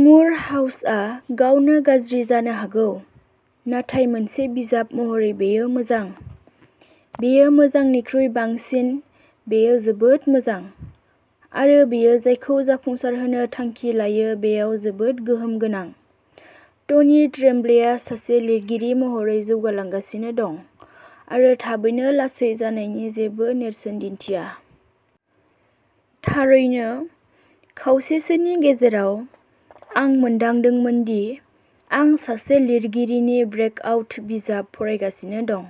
मुर हाउसआ गावनो गाज्रि जानो हागौ, नाथाय मोनसे बिजाब महरै बेयो मोजां। बेयो मोजांनिख्रुइ बांसिन-बेयो जोबोद मोजां, आरो बेयो जायखौ जाफुंसारहोनो थांखि लायो बेयाव जोबोद गोहोम गोनां। टनि ट्रेम्ब्लेआ सासे लिरगिरि महरै जौगालांगासिनो दं आरो थाबैनो लासै जानायनि जेबो नेरसोन दिन्थिया। थारैनो, खावसेसोनि गेजेराव, आं मोनदांदोंमोन दि आं सासे लिरगिरिनि ब्रेकआउट बिजाब फरायगासिनो दं,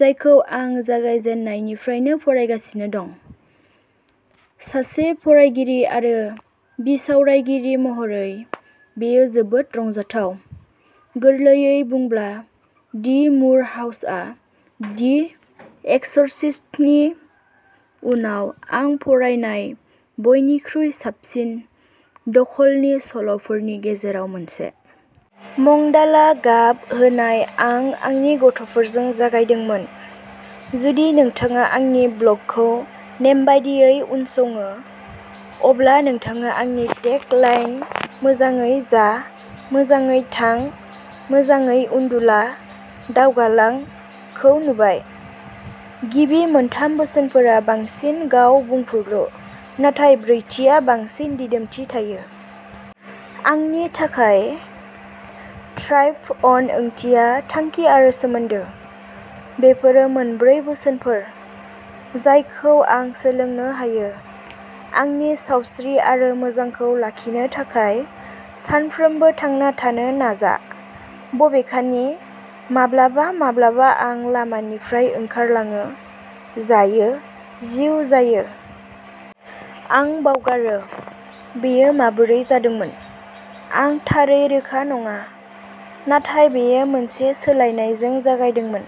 जायखौ आं जागायजेननायनिफ्रायनो फरायगासिनो दं। सासे फरायगिरि आरो बिसावरायगिरि महरै, बेयो जोबोद रंजाथाव। गोरलैयै बुंब्ला, दि मुर हाउसआ दि एक्स'र्सिस्टनि उनाव आं फरायनाय बयनिख्रुइ साबसिन दखलनि सल'फोरनि गेजेराव मोनसे। मंडाला गाब होनाय आं आंनि गथ'फोरजों जागायदोंमोन। जुदि नोंथाङा आंनि ब्लगखौ नेमबादियै उनसङो, अब्ला नोंथाङा आंनि टेग लाइन "मोजाङै जा। मोजाङै थां। मोजाङै उन्दुला। दावगालां। " खौ नुबाय। गिबि मोनथाम बोसोनफोरा बांसिनै गाव-बुंफुरलु, नाथाय ब्रैथिआ बांसिन दिदोमथि थायो। आंनि थाखाय, थ्राइभ अन ओंथिया थांखि आरो सोमोन्दो। बेफोरो मोनब्रै बोसोनफोर जायखौ आं सोलोंनो हायो। आंनि सावस्रि आरो मोजांखौ लाखिनो थाखाय सानफ्रोमबो थांना थानो नाजा। बबेखानि, माब्लाबा-माब्लाबा आं लामानिफ्राय ओंखारलाङो। जायो। जिउ जायो। आं बावगारो। बेयो माबोरै जादोंमोन? आं थारै रोखा नङा, नाथाय बेयो मोनसे सोलायनायजों जागायदोंमोन।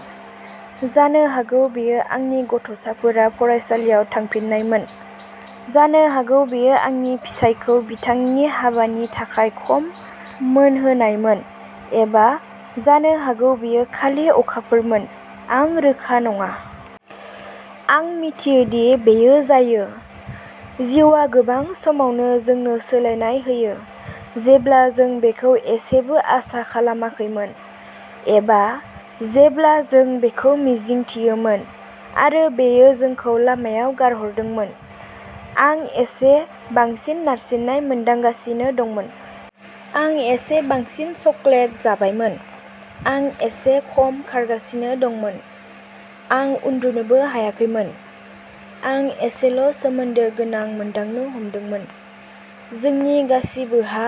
जानो हागौ बेयो आंनि गथ'साफोरा फरायसालियाव थांफिन्नायमोन, जानो हागौ बेयो आंनि फिसायखौ बिथांनि हाबानि थाखाय खम मोनहोनायमोन, एबा जानो हागौ बेयो खालि अखाफोरमोन, आं रोखा नङा। आं मिथियो, दि बेयो जायो। जिउआ गोबां समावनो जोंनो सोलायनाय होयो जेब्ला जों बेखौ एसेबो आसा खालामाखैमोन एबा जेब्ला जों बेखौ मिजिंथियोमोन आरो बेयो जोंखौ लामायाव गारहरदोंमोन। आं एसे बांसिन नारसिननाय मोनदांगासिनो दंमोन। आं एसे बांसिन चकलेट जाबायमोन। आं एसे खम खारगासिनो दंमोन। आं उन्दुनोबो हायाखैमोन। आं एसेल'सोमोन्दो गोनां मोनदांनो हमदोंमोन। जोंनि गासिबोहा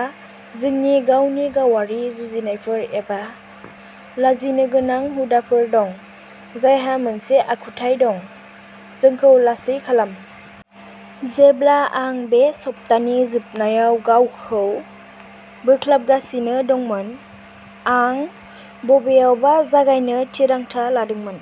जोंनि गावनि गावारि जुजिनायफोर एबा लाजिनोगोनां हुदाफोर दं जायहा मोनसे आखुथाय दं। जोंखौ लासै खालाम। जेब्ला आं बे सप्तानि जोबनायाव गावखौ बोख्लाबगासिनो दंमोन, आं बबेयावबा जागायनो थिरांथा लादोंमोन।